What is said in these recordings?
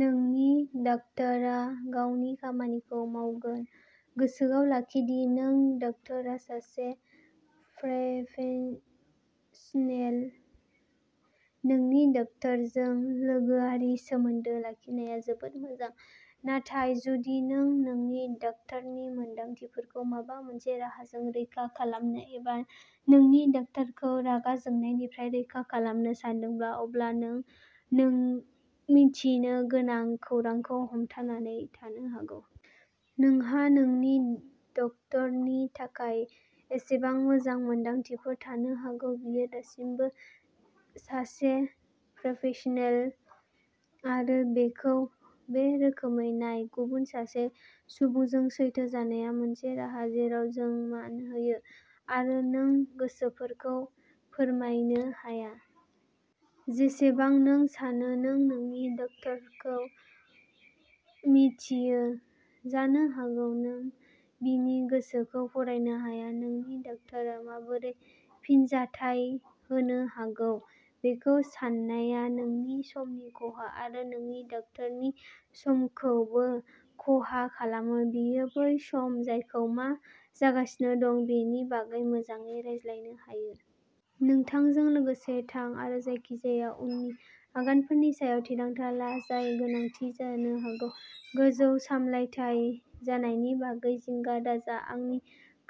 नोंनि डाक्टारआ गावनि खामानिखौ मावगोन। गोसोआव लाखि दि नोंनि डाक्टारआ सासे प्रफेसनेल। नोंनि डाक्टारजों लोगोआरि सोमोन्दो लाखिनाया जोबोद मोजां। नाथाय जुदि नों नोंनि डाक्टारनि मोनदांथिफोरखौ माबा मोनसे राहाजों रैखा खालामनो एबा नोंनि डक्टरखौ रागा जोंनायनिफ्राय रैखा खालामनो सानदोंब्ला अब्ला नों मिथिनो गोनां खौरांखौ हमथानानै थानो हागौ। नोंहा नोंनि डक्टरनि थाखाय जेसेबां मोजां मोनदांथिफोर थानो हागौ बियो दासिमबो सासे प्रफेसनेल। आरो बेखौ बे रोखोमै नाय गुबुन सासे सुबुंजों सैथो जानाया मोनसे राहा जेराव जों मान होयो। आरो नों गोसोफोरखौ फरायनो हाया। जेसेबां नों सानो नों नोंनि डक्टरखौ मिन्थियो जानो हागौ नों बिनि गोसोखौ फरायनो हाया। नोंनि डक्टरआ माबोरै फिनजाथाय होनो हागौ बेखौ सान्नाया नोंनि समनि खहा आरो नोंनि डक्टरनि समखौबो खहा खालामो। बेयो बै सम जायखौ मा जागासिनो दं बेनि बागै मोजाङै रायज्लायनो हायो। नोंथांजों लोगोसे थां आरो जायखिजाया उननि आगानफोरनि सायाव थिरांथा ला जाय गोनांथि जानो हागौ। गोजौ सामलायथाय जानायनि बागै जिंगा दाजा। आंनि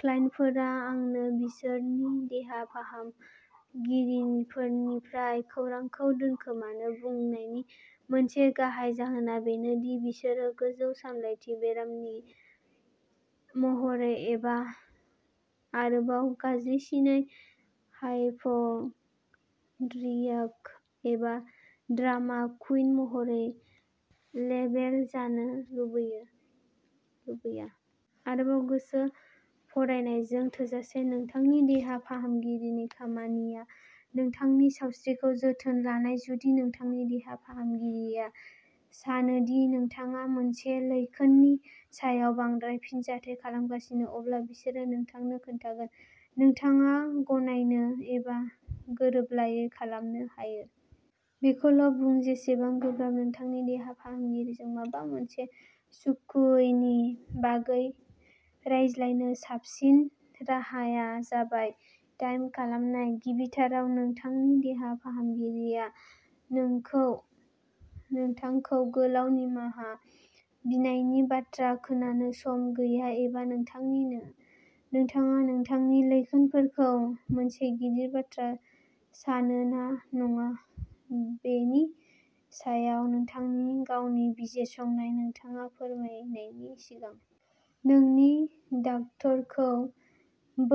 क्लाइन्टफोरा आंनो बिसोरनि देहा फाहामगिरिफोरनिफ्राय खौरांखौ दोनखोमानो बुंनायनि मोनसे गाहाय जाहोना बेनो दि बिसोरो गोजौ सामलायथि बेरामि महरै एबा आरोबाव गाज्रिसिनै हाइपकन्ड्रियाक एबा ड्रामा कुइन महरै लेबेल जानो लुबैया। आरोबाव गोसो फरायनायजों थोजासे नोंथांनि देहा फाहामगिरिनि खामानिया नोंथांनि सावस्रिखौ जोथोन लानाय। जुदि नोंथांनि देहा फाहामगिरिया सानो दि नोंथाङा मोनसे लैखोननि सायाव बांद्राय फिनजाथाय खालामगासिनो अब्ला बिसोरो नोंथांनो खोन्थागोन। नोंथाङा गनायनो एबा गोरोबलायै खालामनो हायो। बेखौल'बुं जेसेबां गोब्राब नोंथांनि देहा फाहामगिरिजों माबा मोनसे सुखुयैनि बागै रायज्लायनो साबसिन राहाया जाबाय दाइभ खालामनाय। गिबिथाराव नोंथांनि देहा फाहामगिरिया नोंथांखौ गोलाव निमाहा बिनायनि बाथ्रा खोनानो सम गैया एबा नोंथाङा नोंथांनि लैखोनफोरखौ मोनसे गिदिर बाथ्रा सानो ना नङा बेनि सायाव नोंथांनि गावनि बिजिरसंनाय नोंथाङा फोरमायनायनि सिगां। नोंनि डाक्टारखौ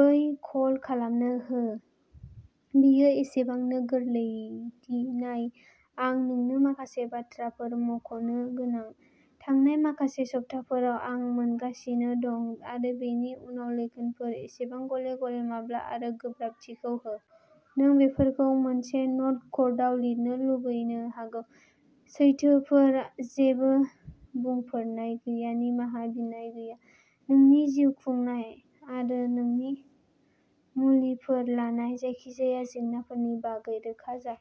बै कल खालामनो हो। बेयो एसेबांनो गोरलैदि नाय आं नोंनो माखासे बाथ्राफोर मख'नो गोनां। थांनाय माखासे सप्ताफोराव आं मोनगासिनो दं। आरो बेनि उनाव लैखोनफोर बेसेबां गले गले माब्ला आरो गोब्राबथिखौ हो। नों बेफोरखौ मोनसे न'ट कार्डआव लिरनो लुबैनो हागौ। सैथोफोर जेबो बुंफोरनाय गैया निमाहा बिनाय गैया। नोंनि जिउखुंनाय आरो नोंनि मुलिफोर लानाय जायखिजाया जेंनाफोरनि बागैबो रोखा जा।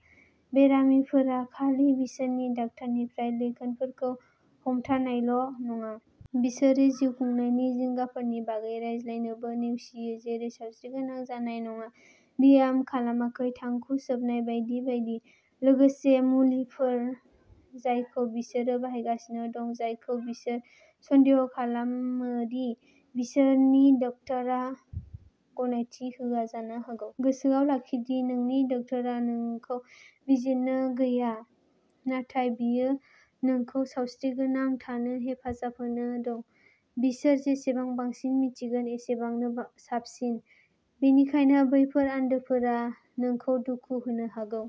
बेरामिफोरा खालि बिसोरनि डाक्टारनिफ्राय लैखोनफोरखौ हमथानायल' नङा। बिसोरो जिउखुंनायनि जिंगाफोरनि बागै रायज्लायनोबो नेवसियो जेरै सावस्रिगोनां जानाय नङा ब्याम खालामाखै थांखु सोबनाय बायदि बायदि। लोगोसे मुलिफोर जायखौ बिसोरो बाहायगासिनो दं जायखौ बिसोर सन्देह खालामो दि बिसोरनि डाक्टारआ गनायथि होआ जानो हागौ। गोसोआव लाखि दि नोंनि डाक्टारआ नोंखौ बिजिरनो गैया। नाथाय बियो नोंखौ सावस्रिगोनां थानो हेफाजाब होनो दं। बिसोर जेसेबां बांसिन मिन्थिगोन एसेबांनो साबसिन। बेनिखायनो बैफोर आन्दोफोरा नोंखौ दुखु होनो हागौ।